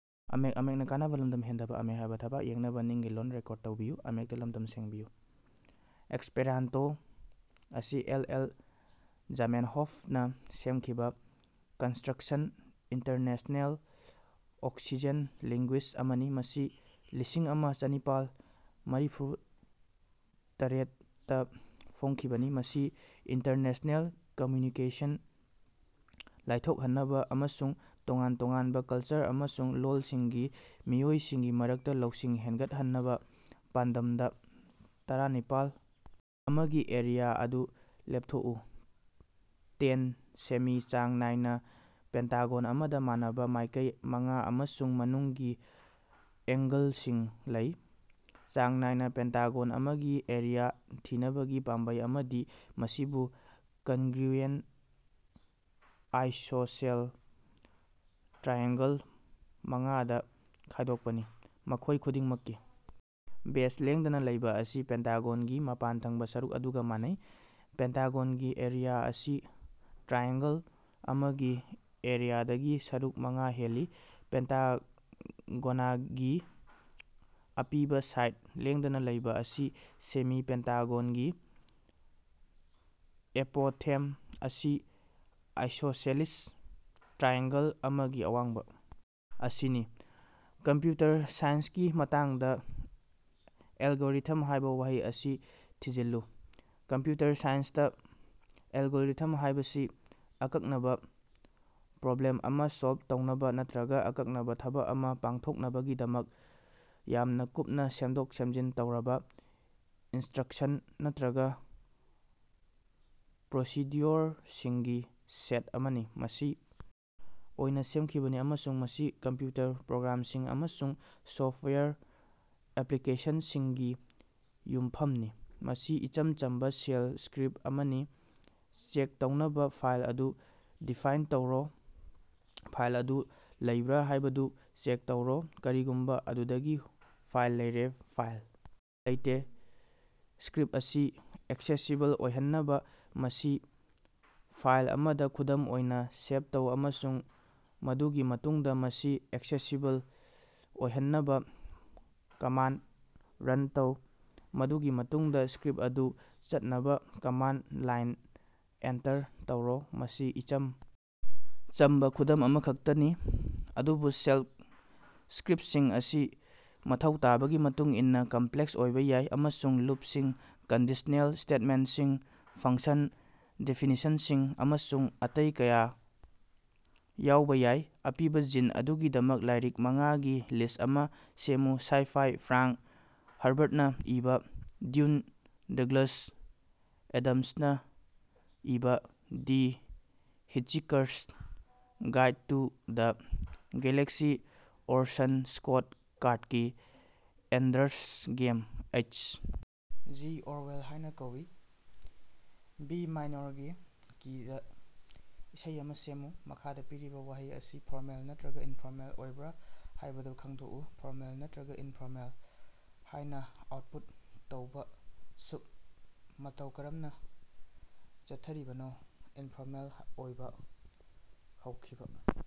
Esperanto ꯑꯁꯤ L. L. ꯖꯥꯃꯦꯟꯍꯣꯐꯅ ꯁꯦꯝꯈꯤꯕ ꯀꯟꯁꯇ꯭ꯔꯛꯁꯟ ꯏꯟꯇꯔꯅꯦꯁꯅꯦꯜ ꯑꯣꯛꯁꯤꯖꯦꯟ ꯂꯦꯡꯒꯨ꯭ꯏꯖ ꯑꯃꯅꯤ, ꯃꯁꯤ ꯂꯤꯁꯤꯡꯑꯃ ꯆꯥꯅꯤꯄꯥꯜ ꯃꯔꯤꯐꯨꯇꯔꯦꯠ ꯇ ꯐꯣꯡꯈꯤꯕꯅꯤ, ꯃꯁꯤ ꯏꯟꯇꯔꯅꯦꯁꯅꯦꯜ ꯀꯝꯃ꯭ꯌꯨꯅꯤꯀꯦꯁꯟ ꯂꯥꯏꯊꯣꯛꯍꯟꯅꯕ ꯑꯃꯁꯨꯡ ꯇꯣꯉꯥꯟ ꯇꯣꯉꯥꯟꯕ ꯀꯜꯆꯔ ꯑꯃꯁꯨꯡ ꯂꯣꯜꯁꯤꯡꯒꯤ ꯃꯤꯑꯣꯏꯁꯤꯡꯒꯤ ꯃꯔꯛꯇ ꯂꯧꯁꯤꯡ ꯍꯦꯟꯒꯠꯍꯟꯅꯕ ꯄꯥꯟꯗꯝꯗ ꯇꯔꯥꯅꯤꯄꯥꯜ ꯑꯃꯒꯤ ꯑꯦꯔꯤꯌꯥ ꯑꯗꯨ ꯂꯦꯞꯊꯣꯛꯎ꯫ ꯇꯦꯟ ꯁꯦꯃꯤ ꯆꯥꯡ ꯅꯥꯏꯅ ꯄꯦꯟꯇꯥꯒꯣꯟ ꯑꯃꯗ ꯃꯥꯟꯅꯕ ꯃꯥꯏꯀꯩ ꯃꯉꯥ ꯑꯃꯁꯨꯡ ꯃꯅꯨꯡꯒꯤ ꯑꯦꯡꯒꯜꯁꯤꯡ ꯂꯩ꯫ ꯆꯥꯡ ꯅꯥꯏꯅ ꯄꯦꯟꯇꯥꯒꯣꯟ ꯑꯃꯒꯤ ꯑꯦꯔꯤꯌꯥ ꯊꯤꯅꯕꯒꯤ ꯄꯥꯝꯕꯩ ꯑꯃꯗꯤ ꯃꯁꯤꯕꯨ ꯀꯟꯒ꯭ꯔꯨꯌꯦꯟꯠ ꯑꯥꯏꯁꯣꯁꯦꯜ ꯇ꯭ꯔꯥꯏꯑꯦꯡꯒꯜ ꯃꯉꯥꯗ ꯈꯥꯏꯗꯣꯛꯄꯅꯤ, ꯃꯈꯣꯏ ꯈꯨꯗꯤꯡꯃꯛꯀꯤ ꯕꯦꯖ ꯂꯦꯡꯗꯅ ꯂꯩꯕ ꯑꯁꯤ ꯄꯦꯟꯇꯥꯒꯣꯟꯒꯤ ꯃꯄꯥꯟ ꯊꯪꯕ ꯁꯔꯨꯛ ꯑꯗꯨꯒ ꯃꯥꯟꯅꯩ꯫ ꯄꯦꯟꯇꯥꯒꯣꯟꯒꯤ ꯑꯦꯔꯤꯌꯥ ꯑꯁꯤ ꯇ꯭ꯔꯥꯏꯑꯦꯡꯒꯜ ꯑꯃꯒꯤ ꯑꯦꯔꯤꯌꯥꯗꯒꯤ ꯁꯔꯨꯛ ꯃꯉꯥ ꯍꯦꯜꯂꯤ꯫ ꯄꯦꯟꯇꯥꯒꯣꯅꯒꯤ ꯑꯄꯤꯕ ꯁꯥꯏꯗ ꯂꯦꯡꯗꯅ ꯂꯩꯕ ꯑꯁꯤ ꯁꯦꯃꯤ ꯄꯦꯟꯇꯥꯒꯣꯟꯒꯤ ꯑꯦꯄꯣꯊꯦꯝ ꯑꯁꯤ ꯑꯥꯏꯁꯣꯁꯦꯂꯤꯁ ꯇ꯭ꯔꯥꯏꯑꯦꯡꯒꯜ ꯑꯃꯒꯤ ꯑꯋꯥꯡꯕ ꯑꯁꯤꯅꯤ꯫ ꯀꯝꯄ꯭ꯌꯨꯇꯔ ꯁꯥꯏꯟꯁꯀꯤ ꯃꯇꯥꯡꯗ "ꯑꯦꯜꯒꯣꯔꯤꯊꯝ" ꯍꯥꯏꯕ ꯋꯥꯍꯩ ꯑꯁꯤ ꯊꯤꯖꯤꯜꯂꯨ꯫ ꯀꯝꯄ꯭ꯌꯨꯇꯔ ꯁꯥꯏꯟꯁꯇ, ꯑꯦꯜꯒꯣꯔꯤꯊꯝ ꯍꯥꯏꯕꯁꯤ ꯑꯀꯛꯅꯕ ꯄ꯭ꯔꯣꯕ꯭ꯂꯦꯝ ꯑꯃ ꯁꯣꯜꯕ ꯇꯧꯅꯕ ꯅꯠꯇ꯭ꯔꯒ ꯑꯀꯛꯅꯕ ꯊꯕꯛ ꯑꯃ ꯄꯥꯡꯊꯣꯛꯅꯕꯒꯤꯗꯃꯛ ꯌꯥꯝꯅ ꯀꯨꯞꯅ ꯁꯦꯝꯗꯣꯛ-ꯁꯦꯝꯖꯤꯟ ꯇꯧꯔꯕ ꯏꯟꯁꯇ꯭ꯔꯛꯁꯟ ꯅꯠꯇ꯭ꯔꯒ ꯄ꯭ꯔꯣꯁꯤꯗ꯭ꯌꯨꯑꯣꯔꯁꯤꯡꯒꯤ ꯁꯦꯠ ꯑꯃꯅꯤ꯫ ꯃꯁꯤ ꯑꯣꯏꯅ ꯁꯦꯝꯈꯤꯕꯅꯤ ꯑꯃꯁꯨꯡ ꯃꯁꯤ ꯀꯝꯄ꯭ꯌꯨꯇꯔ ꯄ꯭ꯔꯣꯒ꯭ꯔꯥꯝꯁꯤꯡ ꯑꯃꯁꯨꯡ ꯁꯣꯐꯋꯦꯌꯔ ꯑꯦꯄ꯭ꯂꯤꯀꯦꯁꯟꯁꯤꯡꯒꯤ ꯌꯨꯝꯐꯝꯅꯤ꯫ ꯃꯁꯤ ꯏꯆꯝ ꯆꯝꯕ ꯁꯦꯜ ꯁ꯭ꯀꯔꯤꯞ ꯑꯃꯅꯤ꯫ ꯆꯦꯛ ꯇꯧꯅꯕ ꯐꯥꯏꯜ ꯑꯗꯨ ꯗꯤꯐꯥꯏꯟ ꯇꯧꯔꯣ꯫ ꯐꯥꯏꯜ ꯑꯗꯨ ꯂꯩꯕ꯭ꯔꯥ ꯍꯥꯏꯕꯗꯨ ꯆꯦꯛ ꯇꯧꯔꯣ ꯀꯔꯤꯒꯨꯝꯕ ꯑꯗꯨꯗꯒꯤ ꯐꯥꯏꯜ ꯂꯩꯔꯦ꯫ ꯐꯥꯏꯜ ꯂꯩꯇꯦ ꯁ꯭ꯀꯔꯤꯞ ꯑꯁꯤ ꯑꯦꯛꯁꯦꯁꯤꯕꯜ ꯑꯣꯏꯍꯟꯅꯕ, ꯃꯁꯤ ꯐꯥꯏꯜ ꯑꯃꯗ (ꯈꯨꯗꯝ ꯑꯣꯏꯅꯥ ) ꯁꯦꯚ ꯇꯧ ꯑꯃꯁꯨꯡ ꯃꯗꯨꯒꯤ ꯃꯇꯨꯡꯗ ꯃꯁꯤ ꯑꯦꯛꯁꯦꯁꯤꯕꯜ ꯑꯣꯏꯍꯟꯅꯕ, ꯀꯃꯥꯟꯗ ꯔꯟ ꯇꯧ, ꯃꯗꯨꯒꯤ ꯃꯇꯨꯡꯗꯥ ꯁ꯭ꯀꯔꯤꯞ ꯑꯗꯨ ꯆꯠꯅꯕ ꯀꯃꯥꯟꯗ ꯂꯥꯏꯟꯗ ꯑꯦꯟꯇꯔ ꯇꯧꯔꯣ ꯃꯁꯤ ꯏꯆꯝ ꯆꯝꯕ ꯈꯨꯗꯝ ꯑꯃꯈꯛꯇꯅꯤ ꯑꯗꯨꯕꯨ ꯁꯦꯜꯂ ꯁ꯭ꯀꯔꯤꯞꯁꯤꯡ ꯑꯁꯤ ꯃꯊꯧ ꯇꯥꯕꯒꯤ ꯃꯇꯨꯡꯏꯟꯅ ꯀꯝꯄ꯭ꯂꯦꯛꯁ ꯑꯣꯏꯕ ꯌꯥꯏ, ꯑꯃꯁꯨꯡ ꯂꯨꯞꯁꯤꯡ, ꯀꯟꯗꯤꯁꯅꯦꯜ ꯁ꯭ꯇꯦꯠꯃꯦꯟꯠꯁꯤꯡ, ꯐꯪꯁꯟ ꯗꯦꯐꯤꯅꯤꯁꯟꯁꯤꯡ ꯑꯃꯁꯨꯡ ꯑꯇꯩ ꯀꯌꯥ ꯌꯥꯎꯕ ꯌꯥꯏ꯫ ꯑꯄꯤꯕ ꯖꯤꯟ ꯑꯗꯨꯒꯤꯗꯃꯛ ꯂꯥꯏꯔꯤꯛ ꯃꯉꯥ ꯒꯤ ꯂꯤꯁ ꯑꯃ ꯁꯦꯝꯃꯨ꯫ ꯁꯥꯏ-ꯐꯥꯏ: ꯐ꯭ꯔꯥꯡꯛ ꯍꯔꯕꯔꯠꯅ ꯏꯕ "ꯗ꯭ꯌꯨꯟ", ꯗꯒ꯭ꯂꯁ ꯑꯦꯗꯝꯁꯅ ꯏꯕ "the Hitchhiker's Guide to the Galaxy", Orson Scott ꯀꯥꯔꯗꯀꯤ "Ender's Game", H. G Orwell ꯍꯥꯏꯅ ꯀꯧꯏ꯫ ꯕꯤ ꯃꯥꯏꯅꯣꯔꯒꯤ ꯀꯤꯗ ꯏꯁꯩ ꯑꯃ ꯁꯦꯝꯃꯨ꯫ ꯃꯈꯥꯗ ꯄꯤꯔꯤꯕꯥ ꯋꯥꯍꯩ ꯑꯁꯤ ꯐꯣꯔꯃꯦꯜ ꯅꯠꯇ꯭ꯔꯒ ꯏꯟꯐꯣꯔꯃꯦꯜ ꯑꯣꯏꯕ꯭ꯔꯥ ꯍꯥꯏꯕꯗꯨ ꯈꯪꯗꯣꯛꯎ꯫ "ꯐꯣꯔꯃꯦꯜ" ꯅꯠꯇ꯭ꯔꯒ "ꯏꯅꯐꯣꯔꯃꯦꯜ" ꯍꯥꯏꯅ ꯑꯥꯎꯠꯄꯨꯠ ꯇꯧꯕ꯫ ꯁꯨꯞ, ꯃꯇꯧ ꯀꯔꯝꯅ ꯆꯠꯊꯔꯤꯕꯅꯣ? ꯏꯟꯐꯣꯔꯃꯦꯜ ꯑꯣꯏꯕ꯫ ꯍꯧꯈꯤꯕ